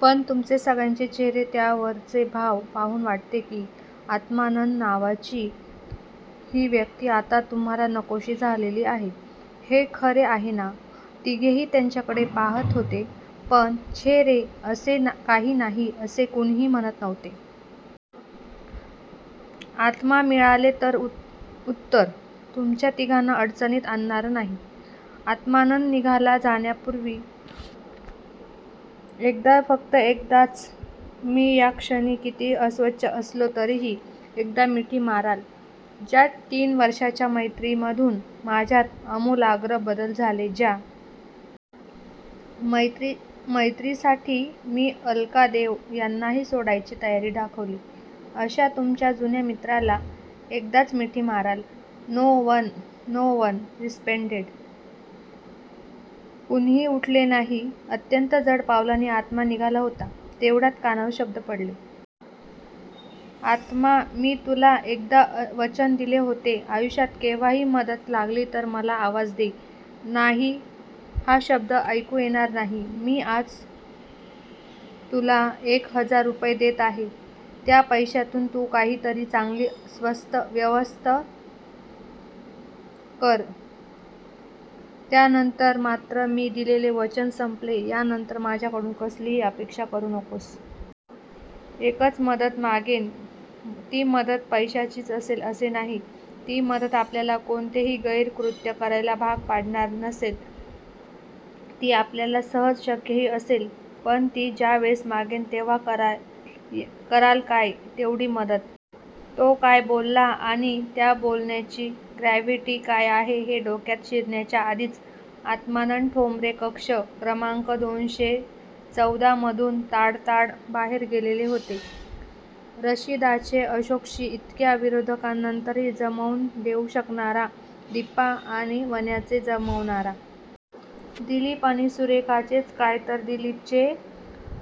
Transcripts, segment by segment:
पण, तुमचे सगळ्यांचे चेहरे त्यावरचे भाव पाहून वाटते. की आत्मानंद नावाची ही व्यक्ती आता तुम्हाला नकोशी झालेली आहे. हे खरे आहे ना? तिघेही त्याच्याकडे पाहात होते. पण 'छे रे, असे काही नाही' असे कुणीही म्हणत नव्हते. आत्मा मिळाले उत्तर! तुमच्या तिघांना अडचणीत आणणार नाही. आत्मानंद निघाला जाण्यापुर्वी एकदा फक्त एकदाच मी या क्षणी कितीही अस्वच्छ असलो तरीही, एकदा मिठी माराल? ज्या तीन वर्षांच्या मैत्रीमधून माझ्यात आमुलाग्र बदल झाले.ज्या मैत्रीसाठी मी अलका देव यांनाही सोडायची तयारी दाखवली. अशा तुमच्या जुन्या मित्राला. एकदाच मिठी माराल? No one! No one responded! कुणीही उठले नाही. अत्यंत जड पावलांनी आत्मा निघाला होता. तेवढ्यात कानावर शब्द पडले. "आत्मा मी तुला एकदा वचन दिले होते. आयुष्यात केव्हाही मदत लागली तर मला आवाज दे 'नाही' हा शब्द ऐकू येणार नाही. मी, आज तुला एक हजार रुपये देत आहे. त्या पैशातून तू काहीतरी चांगली व्यवस्थ कर, त्यानंतर मात्र मी दिलेले वचन संपले यानंतर माझ्याकडून कसलीही अपेक्षा करू नकोस." एकच मदत मागेन. ती मदत पैशाचीच असेल असे नाही. ती मदत आपल्याला कोणतेही गैर कृत्य करायला भाग पाडणारी नसेल. ती आपल्याला सहज शक्यही असेल. पण ती ज्यावेळेस मागेन. तेव्हा कराल काय? तेवढी मदत? तो काय बोलला आणि त्या बोलण्याची ग्रॅव्हिटी काय आहे हे डोक्यात शिरण्याच्या आधीच आत्मानंद ठोंबरे कक्ष क्रमांक दोनशे चवदा मधून ताडताड बाहेर गेलेले होते. रशिदाचे अशोकशी इतक्या विरोधानंतरही जमवून देऊ शकणारा, दीपा आणि वन्याचे जमवणारा. दिलीप आणि सुरेखाचेच काय तर दिलीपचे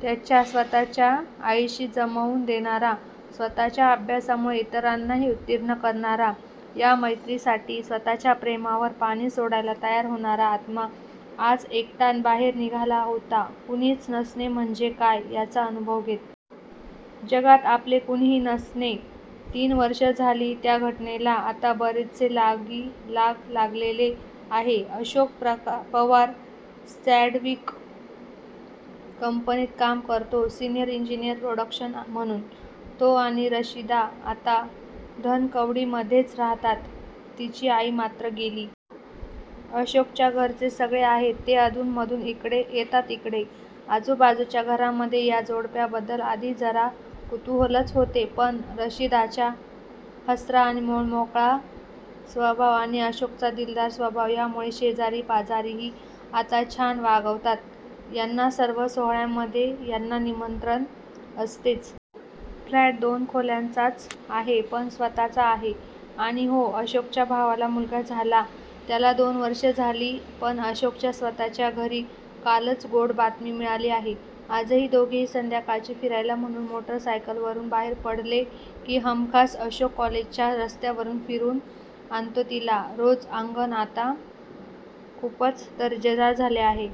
त्याच्या स्वतःच्या आईशी जमवून देणारा. स्वतःच्या अभ्यासामुळे इतरांनाही उत्तीर्ण करणारा. या मैत्रीसाठी स्वतःच्या प्रेमावर पाणी सोडायला तयार होणारा आत्मा, आज एकटा बाहेर निघाला होता. कुणीच नसणे म्हणजे काय याचा अनुभव घेत! जगात आपले कुणीही नसणे. तीन वर्षे झाली त्या घटनेला! आता बरेचसे लागीलाग लागलेले आहे. अशोक पवार सॅंडविक कंपनीत काम करतो. सिनियर इंजीनियर प्रॉडक्शन म्हणून! तो आणि रशिदा आता धनकवडीमध्येच राहतात! तिची आई मात्र गेली. अशोकच्या घरचे सगळे आहेत. ते अधूनमधून येतात इकडे! आजूबाजूच्या घरांमध्ये या जोडप्याबद्दल आधी जरा कुतुहलच होते. पण रशिदाचा हसरा व मनमोकळा स्वभाव आणि अशोकचा दिलदार स्वभाव यामुळे शेजारी पाजारीही आता छान वागवतात यांना सर्व सोहळ्यांमध्ये यांना निमंत्रण असतेच! फ्लॅट दोन खोल्यांचाच आहे, पण स्वतःचा आहे. आणि हो, अशोकच्या भावाला मुलगा झाला त्याला दोन वर्षे झाली पण अशोकच्या स्वतःच्या घरी कालच गोड बातमी मिळाली आहे. आजही दोघेही संध्याकाळचे फिरायला म्हणून मोटरसायकलवरून बाहेर पडले की हमखास अशोक कॉलेजच्या रस्त्यावरून फिरून आणतो तिला! रोज! आंगन आता खूपच दर्जेदार झाले आहे.